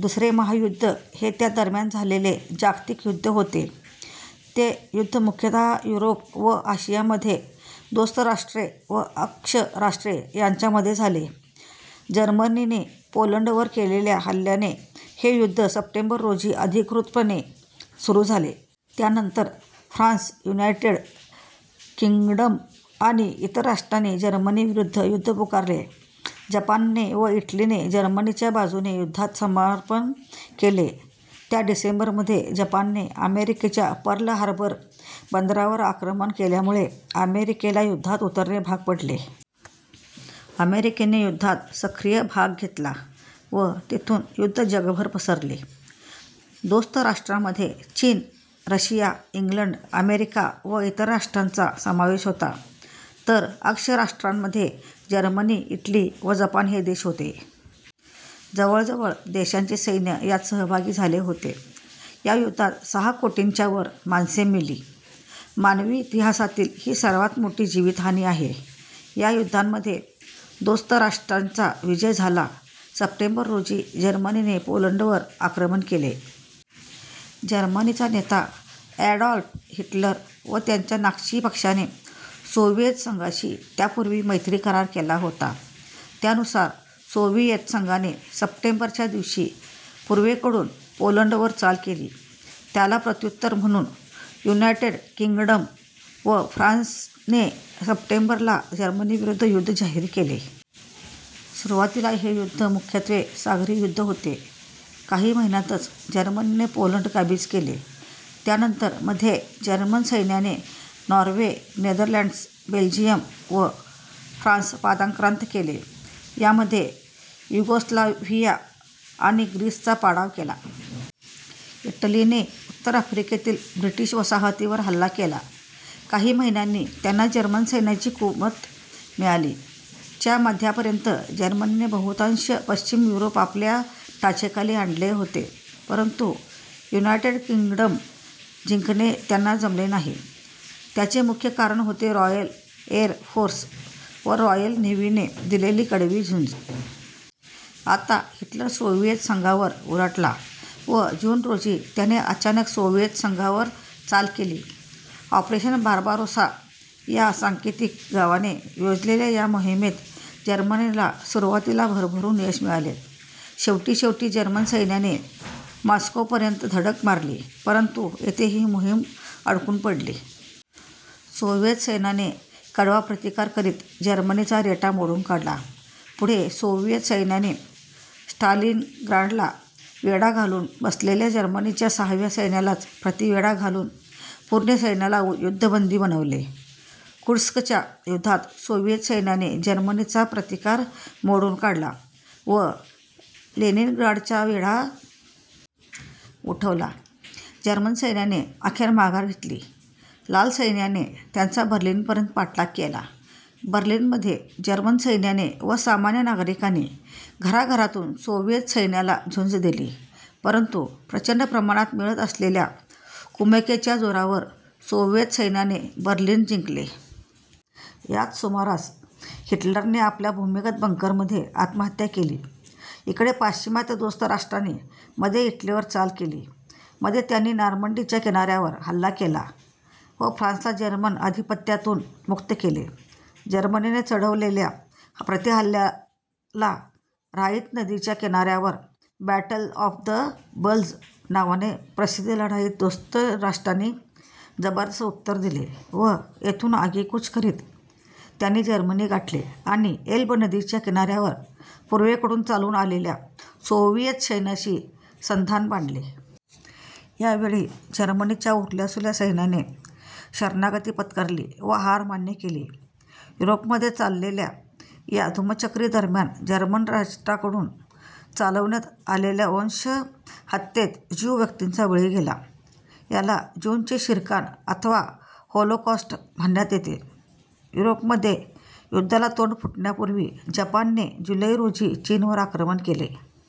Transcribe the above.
दुसरे महायुद्ध हे ते दरम्यान झालेले जागतिक युद्ध होते. हे युद्ध मुख्यतः युरोप व आशियामध्ये दोस्त राष्ट्रे व अक्ष राष्ट्रे यांच्या मध्ये झाले. जर्मनीने पोलंडवर केलेल्या हल्ल्याने हे युद्ध सप्टेंबर रोजी अधिकृतपणे सुरू झाले. यानंतर फ्रान्स, युनायटेड किंग्डम आणि इतर राष्ट्रांनी जर्मनी विरुद्ध युद्ध पुकारले. जपानने व इटलीने जर्मनीच्या बाजूने युद्धात पदार्पण केले. च्या डिसेंबरमध्ये जपानने अमेरिकेच्या पर्ल हार्बर बंदरावर आक्रमण केल्यामुळे अमेरिकेला युद्धात उतरणे भाग पाडले. अमेरिकेने युद्धात सक्रिय भाग घेतला व तेथून युद्ध जगभर पसरले. दोस्त राष्ट्रांमध्ये चीन, रशिया, इंग्लंड, अमेरिका व इतर राष्ट्रांचा समावेश होता, तर अक्ष राष्ट्रांमध्ये जर्मनी, इटली व जपान हे देश होते. जवळ जवळ देशांचे सैन्य यात सहभागी झाले होते. या युद्धात सहा कोटींच्यावर माणसे मेली. मानवी इतिहासातील ही सर्वांत मोठी जीवितहानी आहे. या युद्धामध्ये दोस्त राष्ट्रांचा विजय झाला. सप्टेंबर, रोजी जर्मनीने पोलंडवर आक्रमण केले. जर्मनीचा नेता ॲडॉल्फ हिटलर व त्याच्या नाझी पक्षाने सोव्हिएत संघाशी त्यापूर्वी मैत्री-करार केला होता. त्यानुसार सोव्हिएत संघाने सप्टेंबर च्या दिवशी पूर्वेकडून पोलंडवर चाल केली. याला प्रत्युत्तर म्हणून युनायटेड किंग्डम व फ्रान्सने सप्टेंबर ला जर्मनीविरुद्ध युद्ध जाहीर केले. सुरुवातीला हे युद्ध मुख्यत्वे सागरी युद्ध होते. काही महिन्यातच जर्मनीने पोलंड काबीज केले. त्यानंतर मध्ये जर्मन सैन्याने नॉर्वे, नेदरलँड्स, बेल्जियम व फ्रान्स पादाक्रांत केले व मध्ये युगोस्लाव्हिया आणि ग्रीसचा पाडाव केला. इटलीने उत्तर आफ्रिकेतील ब्रिटिश वसाहतींवर हल्ला केला. काही महिन्यांनी त्यांना जर्मन सैन्याची कुमक मिळाली. च्या मध्यापर्यंत जर्मनीने बहुतांश पश्चिम युरोप आपल्या टाचेखाली आणले होते परंतु युनायटेड किंग्डम जिंकणे त्यांना जमले नाही. याचे मुख्य कारण होते रॉयल एर फोर्स व रॉयल नेव्हीने दिलेली कडवी झुंज. आता हिटलर सोव्हिएत संघावर उलटला व जून, रोजी त्याने अचानक सोव्हिएत संघावर चाल केली. ऑपरेशन बार्बारोसा या सांकेतिक नावाने योजलेल्या या मोहिमेत जर्मनीला सुरुवातीला भरभरून यश मिळाले. शेवटीशेवटी जर्मन सैन्याने मॉस्कोपर्यंत धडक मारली परंतु येथे ही मोहीम अडकून पडली. सोव्हिएत सैन्याने कडवा प्रतिकार करीत जर्मनीचा रेटा मोडून काढला. पुढे सोव्हिएत सैन्याने स्टालिनग्राडला वेढा घालून बसलेल्या जर्मनीच्या सहाव्या सैन्यालाच प्रतिवेढा घालुन पूर्ण सैन्याला युद्धबंदी बनवले. कुर्स्कच्या युद्धात सोव्हिएत सैन्याने जर्मनीचा प्रतिकार मोडून काढला व लेनिनग्राडचा वेढा. उठवला. जर्मन सैन्याने अखेर माघार घेतली. लाल सैन्याने त्यांचा बर्लिनपर्यंत पाठलाग केला. बर्लिनमध्ये जर्मन सैन्याने व सामान्य नागरिकांनी घराघरातून सोव्हिएत सैन्याला झुंज दिली परंतु प्रचंड प्रमाणात मिळत असलेल्या कुमकेच्या जोरावर सोव्हिएत सैन्याने बर्लिन जिंकले. याच सुमारास हिटलरने आपल्या भूमिगत बंकरमध्ये आत्महत्त्या केली. इकडे पाश्चिमात्य दोस्त राष्ट्रांनी मध्ये इटलीवर चाल केली. मध्ये त्यांनी नॉर्मंडीच्या किनाऱ्यावर हल्ला केला व फ्रान्सला जर्मन आधिपत्यातून मुक्त केले. जर्मनीने चढवलेल्या प्रतिहल्ल्याला ऱ्हाईन नदीच्या किनाऱ्यावर बॅटल ऑफ द बल्ज नावाने प्रसिद्ध लढाईत दोस्त राष्ट्रांनी जबरदस्त उत्तर दिले व येथून आगेकूच करित त्यांनी जर्मनी गाठले आणि एल्ब नदीच्या किनाऱ्यावर पूर्वेकडून चालून आलेल्या सोव्हिएत सैन्याशी संधान बांधले. यावेळी जर्मनीच्या उरल्यासुरल्या सैन्याने शरणागती पत्करली व हार मान्य केली. युरोपमध्ये चाललेल्या या धुमश्चक्री दरम्यान जर्मन राष्ट्राकडून चालविण्यात आलेल्या वंश हत्येत ज्यू व्यक्तींचा बळी गेला. याला ज्यूंचे शिरकाण अथवा होलोकॉस्ट म्हणण्यात येते. युरोपमध्ये युद्धाला तोंड फुटण्यापूर्वी जपानने जुलै, रोजी चीनवर आक्रमण केले.